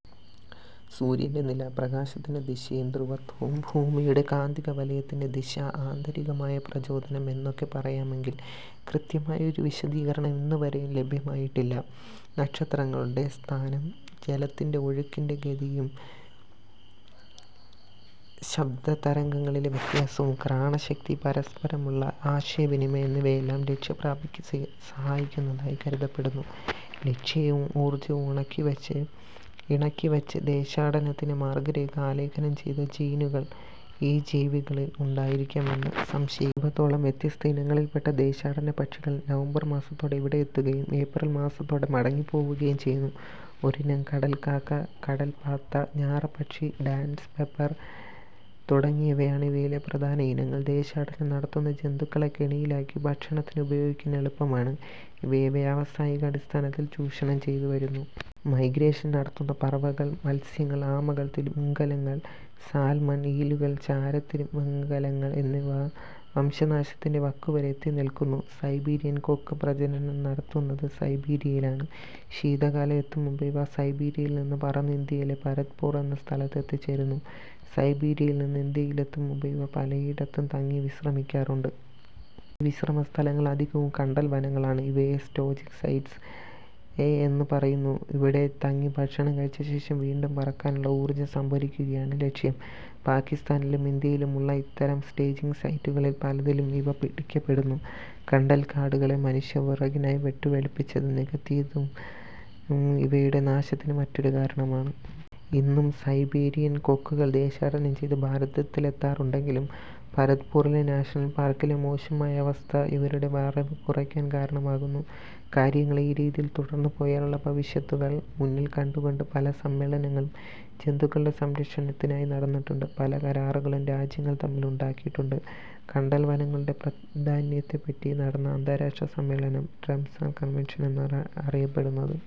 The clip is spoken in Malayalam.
സൂര്യന്റെ നില, പ്രകാശത്തിന്റെ ദിശയും ധ്രുവത്വവും, ഭൂമിയുടെ കാന്തികവലയത്തിന്റെ ദിശ, ആന്തരികമായ പ്രചോദനം എന്നൊക്കെ പറയാമെങ്കിലും കൃത്യമായ ഒരു വിശദീകരണം ഇന്നുവരെയും ലഭ്യമായിട്ടില്ല. നക്ഷത്രങ്ങളുടെ സ്ഥാനം, ജലത്തിലെ ഒഴുക്കിന്റെ ശക്തിയും ശബ്ദതരംഗങ്ങളിലെ വ്യത്യാസവും, ഘ്രാണശക്തി, പരസ്പരമുള്ള ആശയവിനിമയം എന്നിവയെല്ലാം ലക്ഷ്യപ്രാപ്തിക്ക് സഹായിക്കുന്നതായി കരുതപ്പെടുന്നു. ലക്ഷ്യവും ഊർജവും ഇണക്കിവച്ച് ദേശാടനത്തിന്റെ മാർഗരേഖ ആലേഖനം ചെയ്ത ജീനുകൾ ഈ ജീവികളിൽ ഉണ്ടായിരിക്കാം എന്നു സംശയിക്കപ്പെടുന്നു. അറുപതോളം വ്യത്യസ്ത ഇനങ്ങളിൽപ്പെട്ട ദേശാടനപ്പക്ഷികൾ നവംബർ മാസത്തോടെ ഇവിടെ എത്തുകയും ഏപ്രിൽ മാസത്തോടെ മടങ്ങിപ്പോവുകയും ചെയ്യുന്നു. ഒരിനം കടൽക്കാക്ക, കടൽപ്പാത്ത, ഞാറപ്പക്ഷി, സാൻഡ് പൈപ്പർ തുടങ്ങിയവയാണ് ഇവയിലെ പ്രധാന ഇനങ്ങൾ. ദേശാടനം നടത്തുന്ന ജന്തുക്കളെ കെണിയിലാക്കി ഭക്ഷണത്തിന് ഉപയോഗിക്കാൻ എളുപ്പമാണ്. ഇവയെ വ്യാവസായിക അടിസ്ഥാനത്തിൽ ചൂഷണം ചെയ്തുവരുന്നു. മൈഗ്രേഷൻ നടത്തുന്ന പറവകൾ, മത്സ്യങ്ങൾ, ആമകൾ, തിമിംഗിലങ്ങൾ, സാൽമൺ, ഈലുകൾ, ചാരത്തിമിംഗിലങ്ങൾ എന്നിവ വംശനാശത്തിന്റെ വക്കുവരെ എത്തിനില്ക്കുന്നു. സൈബീരിയൻ കൊക്ക് പ്രജനനം നടത്തുന്നത് സൈബീരിയയിലാണ്. ശീതകാലം എത്തുംമുമ്പേ ഇവ സൈബീരിയയിൽനിന്നു പറന്ന് ഇന്ത്യയിലെ 'ഭരത്പൂർ' എന്ന സ്ഥലത്ത് എത്തിച്ചേരുന്നു. സൈബീരിയയിൽനിന്ന് ഇന്ത്യയിലെത്തുംമുമ്പ് ഇവ പലയിടത്തും തങ്ങി വിശ്രമിക്കാറുണ്ട്. ഈ വിശ്രമസ്ഥലങ്ങളധികവും കണ്ടൽവനങ്ങളാണ്. ഇവയെ സ്റ്റേജിങ് സൈറ്റ്സ് എന്നു പറയുന്നു. ഇവിടെ തങ്ങി ഭക്ഷണം കഴിച്ച് വീണ്ടും പറക്കാനുള്ള ഊർജ്ജം സംഭരിക്കുകയാണ് ലക്ഷ്യം. പാകിസ്താനിലും ഇന്ത്യയിലും ഉള്ള ഇത്തരം സ്റ്റേജിങ് സൈറ്റുകളിൽ പലതിലും ഇവ പിടിക്കപ്പെടുന്നു. കണ്ടൽക്കാടുകളെ മനുഷ്യൻ വിറകിനായി വെട്ടിവെളുപ്പിച്ചതും നികത്തിയെടുത്തതും ഇവയുടെ നാശത്തിനു മറ്റൊരു കാരണമാണ്. ഇന്നും സൈബീരിയൻ കൊക്കുകൾ ദേശാടനം ചെയ്ത് ഭാരതത്തിലെത്താറുണ്ടെങ്കിലും ഭരത്പൂരിലെ നാഷണൽ പാർക്കിന്റെ മോശമായ അവസ്ഥ ഇവയുടെ വരവു കുറയ്ക്കാൻ കാരണമാകുന്നു. കാര്യങ്ങൾ ഈ രീതിയിൽ തുടർന്നുപോയാലുള്ള ഭവിഷ്യത്തുകൾ മുന്നിൽ കണ്ടുകൊണ്ട് പല സമ്മേളനങ്ങളും ജന്തുക്കളുടെ സംരക്ഷണത്തിനായി നടന്നിട്ടുണ്ട്. പല കരാറുകളും രാജ്യങ്ങൾ തമ്മിൽ ഉണ്ടാക്കിയിട്ടുമുണ്ട്. കണ്ടൽവനങ്ങളുടെ പ്രാധാന്യത്തെപ്പറ്റി നടന്ന അന്താരാഷ്ട്ര സമ്മേളനം രാംസാർ കൺവെൻഷൻ എന്നാണറിയപ്പെടുന്നത്.